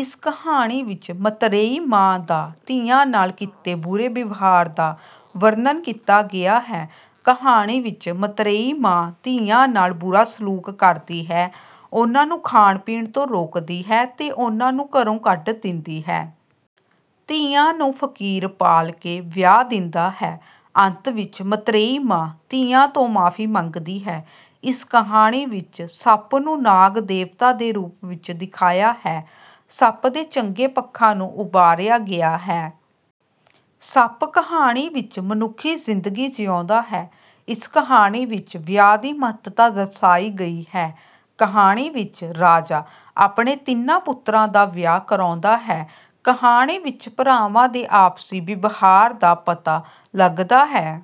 ਇਸ ਕਹਾਣੀ ਵਿਚ ਮੱਤਰੇਈ ਮਾਂ ਦਾ ਧੀਆਂ ਨਾਲ ਕੀਤੇ ਬੁਰੇ ਵਿਵਹਾਰ ਦਾ ਵਰਣਨ ਕੀਤਾ ਗਿਆ ਹੈ। ਕਹਾਣੀ ਵਿਚ ਮੱਤਰੇਈ ਮਾਂ ਧੀਆਂ ਨਾਲ ਬੁਰਾ ਸਲੂਕ ਕਰਦੀ ਹੈ, ਉਨ੍ਹਾਂ ਨੂੰ ਖਾਣ ਪੀਣ ਤੋਂ ਰੋਕਦੀ ਹੈ ਤੇ ਉਨ੍ਹਾਂ ਨੂੰ ਘਰੌਂ ਕੱਢ ਦਿੰਦੀ ਹੈ। ਧੀਆਂ ਨੂੰ ਫਕੀਰ ਪਾਲ ਕੇ ਵਿਆਹ ਦਿੰਦਾ ਹੈ। ਅੰਤ ਵਿਚ ਮਤ੍ਰੇਈ ਮਾਂ ਧੀਆਂ ਤੋਂ ਮਾਫ਼ੀ ਮੰਗਦੀ ਹੈ। ਇਸ ਕਹਾਣੀ ਵਿਚ ਸੱਪ ਨੂੰ ਨਾਗ ਦੇਵਤੇ ਦੇ ਰੂਪ ਵਿਚ ਦਿਖਾਇਆ ਹੈ। ਸੱਪ ਦੇ ਚੰਗੇ ਪੱਖਾਂ ਨੂੰ ਉਭਾਰਿਆ ਗਿਆ ਹੈ। ਸੱਪ ਕਹਾਣੀ ਵਿਚ ਮਨੁੱਖੀ ਜ਼ਿੰਦਗੀ ਜਿਉਂਦਾ ਹੈ। ਇਸ ਕਹਾਣੀ ਵਿਚ ਵਿਆਹ ਦੀ ਮਹੱਤਤਾ ਦਰਸਾਈ ਗਈ ਹੈ। ਕਹਾਣੀ ਵਿਚ ਰਾਜਾ ਆਪਣੇਤਿੰਨਾਂ ਪੁੱਤਰਾਂ ਦਾ ਵਿਆਹ ਕਰਾਉਂਦਾ ਹੈ। ਕਹਾਣੀ ਵਿਚ ਭਰਾਵਾਂ ਦੇ ਆਪਸੀ ਵਿਵਹਾਰ ਦਾ ਪਤਾ ਲਗਦਾ ਹੈ।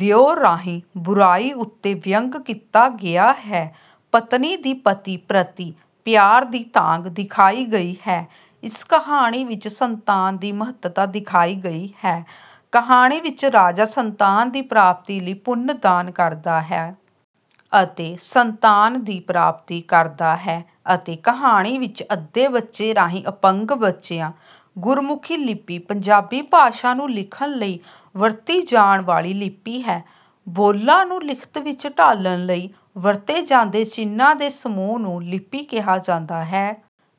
ਦਿਓ ਰਾਹੀ ਬੁਰਾਈ ਉਤੇ ਵਿਅੰਗ ਕੀਤਾ ਗਿਆ ਹੈ। ਪਤਨੀ ਦੀ ਪਤੀ ਪ੍ਰਤੀ ਪਿਆਰ ਦੀ ਤਾਂਘ ਦਿਖਾਈ ਗਈ ਹੈ। ਇਸ ਕਹਾਣੀ ਵਿਚ ਸੰਤਾਨ ਦੀ ਮਹੱਤਤਾ ਦਿਖਾਈ ਗਈ ਹੈ। ਕਹਾਣੀ ਵਿਚ ਰਾਜਾ ਸੰਤਾਨ ਦੀ ਪ੍ਰਾਪਤੀ ਲਈ ਪੁੰਨ ਦਾਨ ਕਰਦਾ ਹੈ। ਅਤੇ ਸੰਤਾਨ ਦੀ ਪ੍ਰਾਪਤੀ ਕਰਦਾ ਹੈ। ਅਤੇ ਕਹਾਣੀ ਵਿਚ ਅੱਧੇ ਬੱਚੇ ਰਾਹੀ ਅਪੰਗ ਬੱਚਿਆਂ। ਗੁਰਮੁਖੀ ਲਿਪੀ ਪੰਜਾਬੀ ਭਾਸ਼ਾ ਨੂੰ ਲਿਖਣ ਲਈ ਵਰਤੀ ਜਾਣ ਵਾਲੀ ਲਿਪੀ ਹੈ। ਬੋਲਾਂ ਨੂੰ ਲਿਖਤ ਵਿੱਚ ਢਾਲਣ ਲਈ ਵਰਤੇ ਜਾਂਦੇ ਚਿੰਨ੍ਹਾਂ ਦੇ ਸਮੂਹ ਨੂੰ ਲਿਪੀ ਕਿਹਾ ਜਾਂਦਾ ਹੈ।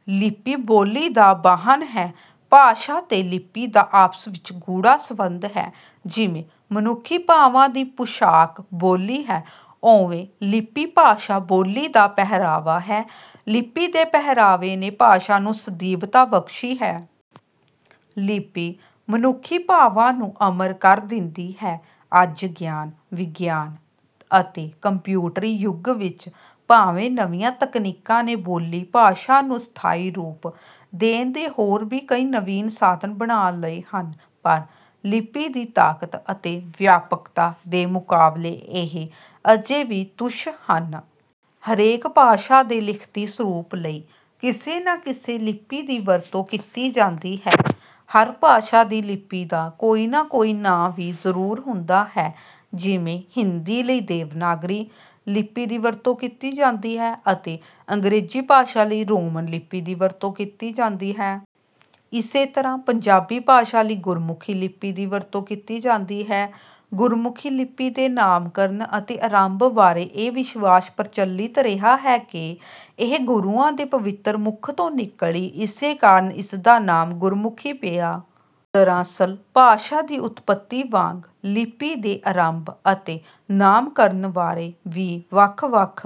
ਲਿਪੀ ਬੋਲੀ ਦਾ ਵਾਹਣ ਹੈ। ਭਾਸ਼ਾ ਤੇ ਲਿਪੀ ਦਾ ਆਪਸ ਵਿੱਚ ਗੂੜ੍ਹਾ ਸੰਬੰਧ ਹੈ। ਜਿਵੇਂ ਮਨੁੱਖੀਭਾਵਾਂ ਦੀ ਪੁਸ਼ਾਕ ਬੋਲੀ ਹੈ, ਉਵੇਂ ਲਿਪੀ ਭਾਸ਼ਾ ੋਲੀ ਦਾ ਪਹਿਰਾਵਾ ਹੈ। ਲਿਪੀ ਦੇ ਪਹਿਰਾਵੇ ਨੇ ਭਾਸ਼ਾ ਨੂੰ ਸਦੀਵਤਾ ਬਖ਼ਸ਼ੀ ਹੈ। ਲਿਪੀ ਮਨੁੱਖੀ ਭਾਵਾਂ ਨੂੰ ਅਮਰ ਕਰ ਦਿੰਦੀ ਹੈ। ਅੱਜ ਗਿਆਨ, ਵਿਗਿਆਨ ਅਤੇਕੰਪਿਊਟਰੀ ਯੁੱਗ ਵਿੱਚ ਭਾਵੇਂ ਨਵੀਆਂ ਤਕਨੀਕਾਂ ਨੇ ਬੋਲੀ ਭਾਸ਼ਾ ਨੂੰ ਸਥਾਈ ਰੂਪ ਦੇਣ ਦੇ ਹੋਰ ਵੀ ਕਈ ਨਵੀਨ ਸਾਧਨ ਬਣਾ ਲਏ ਹਨ, ਪਰ ਲਿਪੀ ਦੀ ਤਾਕਤ ਅਤੇ ਵਿਆਪਕਤਾ ਦੇ ਮੁਕਾਬਲੇ ਇਹ ਅਜੇ ਵੀ ਤੁੱਛ ਹਨ। ਹਰੇਕ ਭਾਸ਼ਾ ਦੇ ਲਿਖਤੀ ਸਰੂਪ ਲਈ ਕਿਸੇ ਨਾ ਕਿਸੇ ਲਿਪੀ ਦੀ ਵਰਤੋਂ ਕੀਤੀ ਜਾਂਦੀ ਹੈ। ਹਰ ਭਾਸ਼ਾ ਦੀ ਲਿਪੀ ਦਾ ਕੋਈ ਨਾ ਕੋਈ ਨਾਂ ਵੀ ਜ਼ਰੂਰ ਹੁੰਦਾ ਹੈ, ਜਿਵੇਂ ਹਿੰਦੀ ਲਈ ਦੇਵਨਾਗਰੀ ਲਿਪੀ ਦੀ ਵਰਤੋਂ ਕੀਤੀ ਜਾਂਦੀ ਹੈ ਅਤੇ ਅੰਗਰੇਜ਼ੀ ਭਾਸ਼ਾ ਲਈ ਰੋਮਨ ਲਿਪੀ ਦੀ ਵਰਤੋਂ ਕੀਤੀ ਜਾਂਦੀ ਹੈ। ਇਸੇ ਤਰ੍ਹਾਂ ਪੰਜਾਬੀ ਭਾਸ਼ਾ ਲਈ ਗੁਰਮੁਖੀ ਲਿਪੀ ਦੀ ਵਰਤੋਂ ਕੀਤੀ ਜਾਂਦੀ ਹੈ। ਗੁਰਮੁਖੀ ਲਿਪੀ ਦੇ ਨਾਮਕਰਨ ਅਤੇ ਅਰੰਭ ਬਾਰੇ ਇਹ ਵਿਸ਼ਵਾਸ ਪ੍ਰਚਲਿਤ ਰਿਹਾ ਹੈ ਕਿ ਇਹ ਗੁਰੂਆਂ ਦੇ ਪਵਿੱਤਰ ਮੁੱਖ ਤੋਂ ਨਿਕਲੀ। ਇਸੇ ਕਾਰਨ ਇਸ ਦਾ ਨਾਮ ਗੁਰਮੁਖੀ ਪਿਆ। ਦਰਅਸਲ ਭਾਸ਼ਾ ਦੀ ਉਤਪਤੀ ਵਾਂਗ ਲਿਪੀ ਦੇ ਅਰੰਭ ਅਤੇ ਨਾਮਕਰਨ ਬਾਰੇ ਵੀ ਵੱਖ-ਵੱਖ...